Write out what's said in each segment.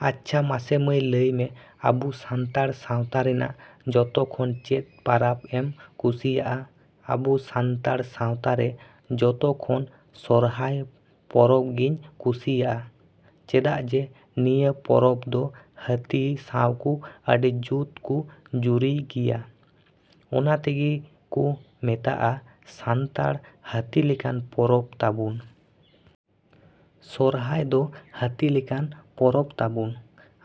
ᱟᱪᱷᱟ ᱢᱟᱥᱮ ᱢᱟᱹᱭ ᱞᱟᱹᱭ ᱢᱮ, ᱟᱵᱚ ᱥᱟᱱᱛᱟᱲ ᱥᱟᱶᱛᱟ ᱨᱮᱱᱟᱜ ᱡᱚᱛᱚ ᱠᱷᱚᱱ ᱪᱮᱫ ᱯᱟᱨᱟᱵᱽ ᱮᱢ ᱠᱩᱥᱤᱭᱟᱜᱼᱟ? ᱟᱵᱚ ᱥᱟᱱᱛᱟᱲ ᱥᱟᱶᱛᱟ ᱨᱮ ᱡᱚᱛᱚ ᱠᱷᱚᱱ ᱥᱚᱨᱦᱟᱭ ᱯᱚᱨᱚᱵᱽ ᱜᱮᱧ ᱠᱩᱥᱤᱭᱟᱜᱼᱟ᱾ ᱪᱮᱫᱟᱜ ᱡᱮ ᱱᱤᱭᱟᱹ ᱯᱚᱨᱚᱵᱽ ᱫᱚ ᱦᱟᱹᱛᱤ ᱥᱟᱶᱠᱚ ᱟᱹᱰᱤ ᱡᱩᱛ ᱠᱚ ᱡᱩᱨᱤᱭ ᱜᱮᱭᱟ, ᱚᱱᱟ ᱛᱮᱜᱮ ᱠᱚ ᱢᱮᱛᱟᱜᱼᱟ ᱥᱟᱱᱛᱟᱲ ᱦᱟᱹᱛᱤ ᱞᱮᱠᱟᱱ ᱯᱚᱨᱚᱵᱽ ᱛᱟᱵᱚᱱ᱾ ᱥᱚᱨᱦᱟᱭ ᱫᱚ ᱦᱟᱹᱛᱤ ᱞᱮᱠᱟᱱ ᱯᱚᱨᱚᱵᱽ ᱛᱟᱵᱚᱱ᱾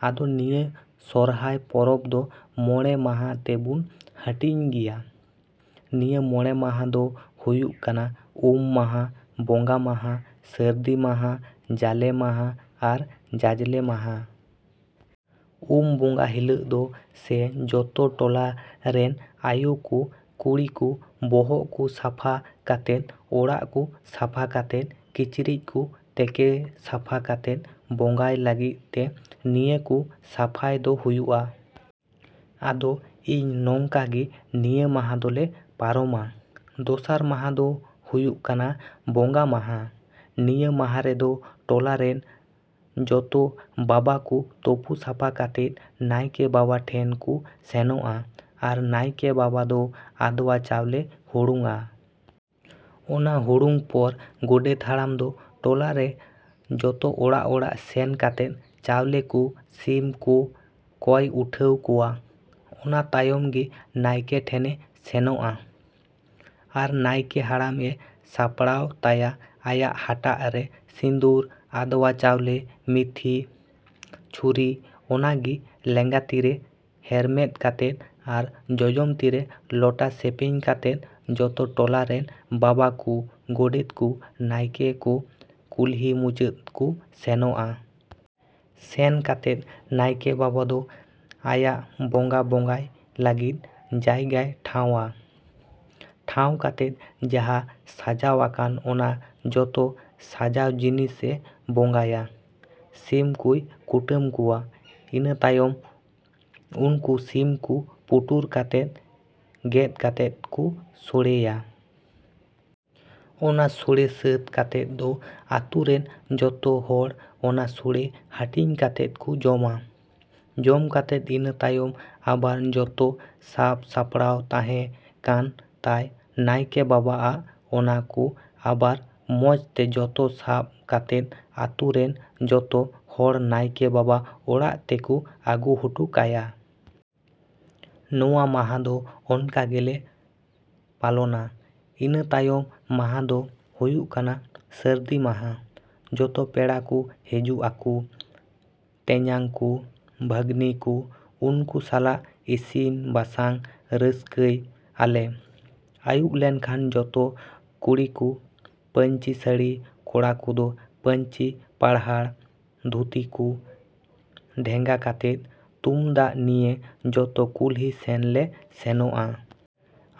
ᱟᱫᱚ ᱱᱤᱭᱟᱹ ᱥᱚᱨᱦᱟᱭ ᱯᱚᱨᱚᱵᱽ ᱫᱚ ᱢᱚᱬᱮ ᱢᱟᱦᱟ ᱛᱮᱵᱚᱱ ᱦᱟᱹᱴᱤᱧ ᱜᱮᱭᱟ᱾ ᱱᱤᱭᱟᱹ ᱢᱚᱬᱮ ᱢᱟᱦᱟ ᱫᱚ ᱦᱩᱭᱩᱜ ᱠᱟᱱᱟ ᱩᱢ ᱢᱟᱦᱟ, ᱵᱚᱸᱜᱟ ᱢᱟᱦᱟ, ᱥᱟᱹᱨᱫᱤ ᱢᱟᱦᱟ, ᱡᱟᱞᱮ ᱢᱟᱦᱟ ᱟᱨ ᱡᱟᱡᱞᱮ ᱢᱟᱦᱟ᱾ ᱩᱢ ᱵᱚᱸᱜᱟ ᱦᱤᱞᱳᱜ ᱫᱚ ᱥᱮ ᱡᱚᱛᱚ ᱴᱚᱞᱟ ᱨᱮᱱ ᱟᱭᱳ ᱠᱚ, ᱠᱩᱲᱤ ᱠᱚ ᱵᱚᱦᱚᱜ ᱠᱚ ᱥᱟᱯᱷᱟ ᱠᱟᱛᱮᱫ, ᱚᱲᱟᱜ ᱠᱚ ᱥᱟᱯᱷᱟ ᱠᱟᱛᱮᱫ, ᱠᱤᱪᱨᱤᱡ ᱠᱚ ᱛᱮᱠᱮ ᱥᱟᱯᱷᱟ ᱠᱟᱛᱮᱫ ᱵᱚᱸᱜᱟᱭ ᱞᱟᱹᱜᱤᱫ ᱛᱮ ᱱᱤᱭᱟᱹ ᱠᱚ ᱥᱟᱯᱷᱟᱭ ᱫᱚ ᱦᱩᱭᱩᱜᱼᱟ᱾ ᱟᱫᱚ ᱤᱧ ᱱᱚᱝᱠᱟ ᱜᱮ ᱱᱤᱭᱟᱹ ᱢᱟᱦᱟ ᱫᱚᱞᱮ ᱯᱟᱨᱚᱢᱟ᱾ ᱫᱚᱥᱟᱨ ᱢᱟᱦᱟ ᱫᱚ ᱦᱩᱭᱩᱜ ᱠᱟᱱᱟ ᱵᱚᱸᱜᱟ ᱢᱟᱦᱟ᱾ ᱱᱤᱭᱟᱹ ᱢᱟᱦᱟ ᱨᱮᱫᱚ ᱴᱚᱞᱟ ᱨᱮᱱ ᱡᱚᱛᱚ ᱵᱟᱵᱟ ᱠᱚ ᱛᱚᱯᱚ ᱥᱟᱯᱷᱟ ᱠᱟᱛᱮᱫ ᱱᱟᱭᱠᱮ ᱵᱟᱵᱟ ᱴᱷᱮᱱ ᱠᱚ ᱥᱮᱱᱚᱜᱼᱟ᱾ ᱟᱨ ᱱᱟᱭᱠᱮ ᱵᱟᱵᱟ ᱫᱚ ᱟᱫᱽᱣᱟ ᱪᱟᱣᱞᱮ ᱦᱩᱲᱩᱝᱼᱟ᱾ ᱚᱱᱟ ᱦᱩᱲᱩᱝ ᱯᱚᱨ ᱜᱚᱰᱮᱛ ᱦᱟᱲᱟᱢ ᱫᱚ ᱴᱚᱞᱟ ᱨᱮ ᱡᱚᱛᱚ ᱚᱲᱟᱜᱼᱚᱲᱟᱜ ᱥᱮᱱ ᱠᱟᱛᱮᱫ ᱪᱟᱣᱞᱮ ᱠᱚ, ᱥᱤᱢ ᱠᱚ ᱠᱚᱭ ᱩᱴᱷᱟᱹᱣ ᱠᱚᱣᱟ, ᱚᱱᱟ ᱛᱟᱭᱚᱢ ᱜᱮ ᱱᱟᱭᱠᱮ ᱴᱷᱮᱱᱮ ᱥᱮᱱᱚᱜᱼᱟ᱾ ᱟᱨ ᱱᱟᱭᱠᱮ ᱦᱟᱲᱟᱢ ᱮ ᱥᱟᱯᱲᱟᱣ ᱛᱟᱭᱟ ᱟᱭᱟᱜ ᱦᱟᱴᱟᱜ ᱨᱮ ᱥᱤᱸᱫᱩᱨ, ᱟᱫᱽᱣᱟ ᱪᱟᱣᱞᱮ, ᱢᱤᱛᱷᱤ, ᱪᱷᱩᱨᱤ ᱚᱱᱟᱜᱮ ᱞᱮᱸᱜᱟ ᱛᱤᱨᱮ ᱦᱮᱨᱢᱮᱫ ᱠᱟᱛᱮᱫ ᱟᱨ ᱡᱚᱡᱚᱢ ᱛᱤ ᱨᱮ ᱞᱚᱴᱟ ᱥᱮᱯᱮᱧ ᱠᱟᱛᱮᱫ, ᱡᱚᱛᱚ ᱴᱚᱞᱟ ᱨᱮᱱ ᱵᱟᱵᱟ ᱠᱚ, ᱜᱚᱰᱮᱛ ᱠᱚ, ᱱᱟᱭᱠᱮ ᱠᱚ ᱠᱩᱞᱦᱤ ᱢᱩᱪᱟᱹᱫ ᱠᱚ ᱥᱮᱱᱚᱜᱼᱟ᱾ ᱥᱮᱱ ᱠᱟᱛᱮᱫ ᱱᱟᱭᱠᱮ ᱵᱟᱵᱟ ᱫᱚ ᱟᱭᱟᱜ ᱵᱚᱸᱜᱟ ᱵᱚᱸᱜᱟᱭ ᱞᱟᱹᱜᱤᱫ ᱡᱟᱭᱜᱟᱭ ᱴᱷᱟᱶᱼᱟ᱾ ᱴᱷᱟᱶ ᱠᱟᱛᱮᱫ ᱡᱟᱦᱟᱸ ᱥᱟᱡᱟᱣ ᱟᱠᱟᱱ ᱚᱱᱟ ᱡᱚᱛᱚ ᱥᱟᱡᱟᱣ ᱡᱤᱱᱤᱥ ᱮ ᱵᱚᱸᱜᱟᱭᱟ᱾ ᱥᱤᱢ ᱠᱚᱭ ᱠᱩᱴᱟᱹᱢ ᱠᱚᱣᱟ, ᱤᱱᱟᱹ ᱛᱟᱭᱚᱢ ᱩᱱᱠᱩ ᱥᱤᱢ ᱠᱚ ᱯᱩᱴᱩᱨ ᱠᱟᱛᱮᱫ, ᱜᱮᱛ ᱠᱟᱛᱮᱫ ᱠᱚ ᱥᱚᱲᱮᱭᱟ᱾ ᱚᱱᱟ ᱥᱚᱲᱮ ᱥᱟᱹᱛ ᱠᱟᱛᱮᱫ ᱫᱚ ᱟᱹᱛᱳ ᱨᱮᱱ ᱡᱚᱛᱚ ᱦᱚᱲ ᱚᱱᱟ ᱥᱚᱲᱮ ᱦᱟᱹᱴᱤᱧ ᱠᱟᱛᱮᱫ ᱠᱚ ᱡᱚᱢᱟ᱾ ᱡᱚᱢ ᱠᱟᱛᱮᱫ ᱤᱱᱟᱹ ᱛᱟᱭᱚᱢ ᱟᱵᱟᱨ ᱡᱚᱛᱚ ᱥᱟᱯ ᱥᱟᱯᱲᱟᱣ ᱛᱟᱦᱮᱸ ᱠᱟᱱ ᱛᱟᱭ ᱱᱟᱭᱠᱮ ᱵᱟᱵᱟ ᱟᱜ ᱚᱱᱟ ᱠᱚ ᱟᱵᱟᱨ ᱢᱚᱸᱡᱽ ᱛᱮ ᱡᱚᱛᱚ ᱥᱟᱵ ᱠᱟᱛᱮᱫ ᱟᱹᱛᱳ ᱨᱮᱱ ᱡᱚᱛᱚ ᱦᱚᱲ ᱱᱟᱭᱠᱮ ᱵᱟᱵᱟ ᱚᱲᱟᱜ ᱛᱮᱠᱚ ᱟᱹᱜᱩ ᱦᱚᱴᱚ ᱠᱟᱭᱟ᱾ ᱱᱚᱣᱟ ᱢᱟᱦᱟ ᱫᱚ ᱚᱱᱠᱟ ᱜᱮᱞᱮ ᱯᱟᱞᱚᱱᱟ᱾ ᱤᱱᱟᱹ ᱛᱟᱭᱚᱢ ᱢᱟᱦᱟ ᱫᱚ ᱦᱩᱭᱩᱜ ᱠᱟᱱᱟ ᱥᱟᱹᱨᱫᱤ ᱢᱟᱦᱟ᱾ ᱡᱚᱛᱚ ᱯᱮᱲᱟ ᱠᱚ ᱦᱤᱡᱩᱜ ᱟᱠᱚ, ᱛᱮᱧᱟᱝ ᱠᱚ, ᱵᱷᱟᱹᱜᱱᱤ ᱠᱚ, ᱩᱱᱠᱩ ᱥᱟᱞᱟᱜ ᱤᱥᱤᱱ ᱵᱟᱥᱟᱝ ᱨᱟᱹᱥᱠᱟᱹᱭ ᱟᱞᱮ᱾ ᱟᱭᱩᱵ ᱞᱮᱱᱠᱷᱟᱱ ᱡᱚᱛᱚ ᱠᱩᱲᱤ ᱠᱚ ᱯᱟᱹᱧᱪᱤ ᱥᱟᱹᱲᱤ, ᱠᱚᱲᱟ ᱠᱚᱫᱚ ᱯᱟᱹᱧᱪᱤ ᱯᱟᱨᱦᱟᱲ ᱫᱷᱩᱛᱤ ᱠᱚ ᱰᱮᱝᱜᱟ ᱠᱟᱛᱮᱫ, ᱛᱩᱢᱫᱟᱜ ᱱᱤᱭᱮ ᱡᱚᱛᱚ ᱠᱩᱞᱦᱤ ᱥᱮᱱ ᱞᱮ ᱥᱮᱱᱚᱜᱼᱟ᱾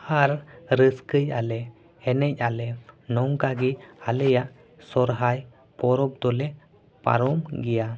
ᱟᱨ ᱨᱟᱹᱥᱠᱟᱹᱭ ᱟᱞᱮ, ᱮᱱᱮᱡ ᱟᱞᱮ᱾ ᱱᱚᱝᱠᱟ ᱜᱮ ᱟᱞᱮᱭᱟᱜ ᱥᱚᱨᱦᱟᱭ ᱯᱚᱨᱚᱵᱽ ᱫᱚᱞᱮ ᱯᱟᱨᱚᱢ ᱜᱮᱭᱟ᱾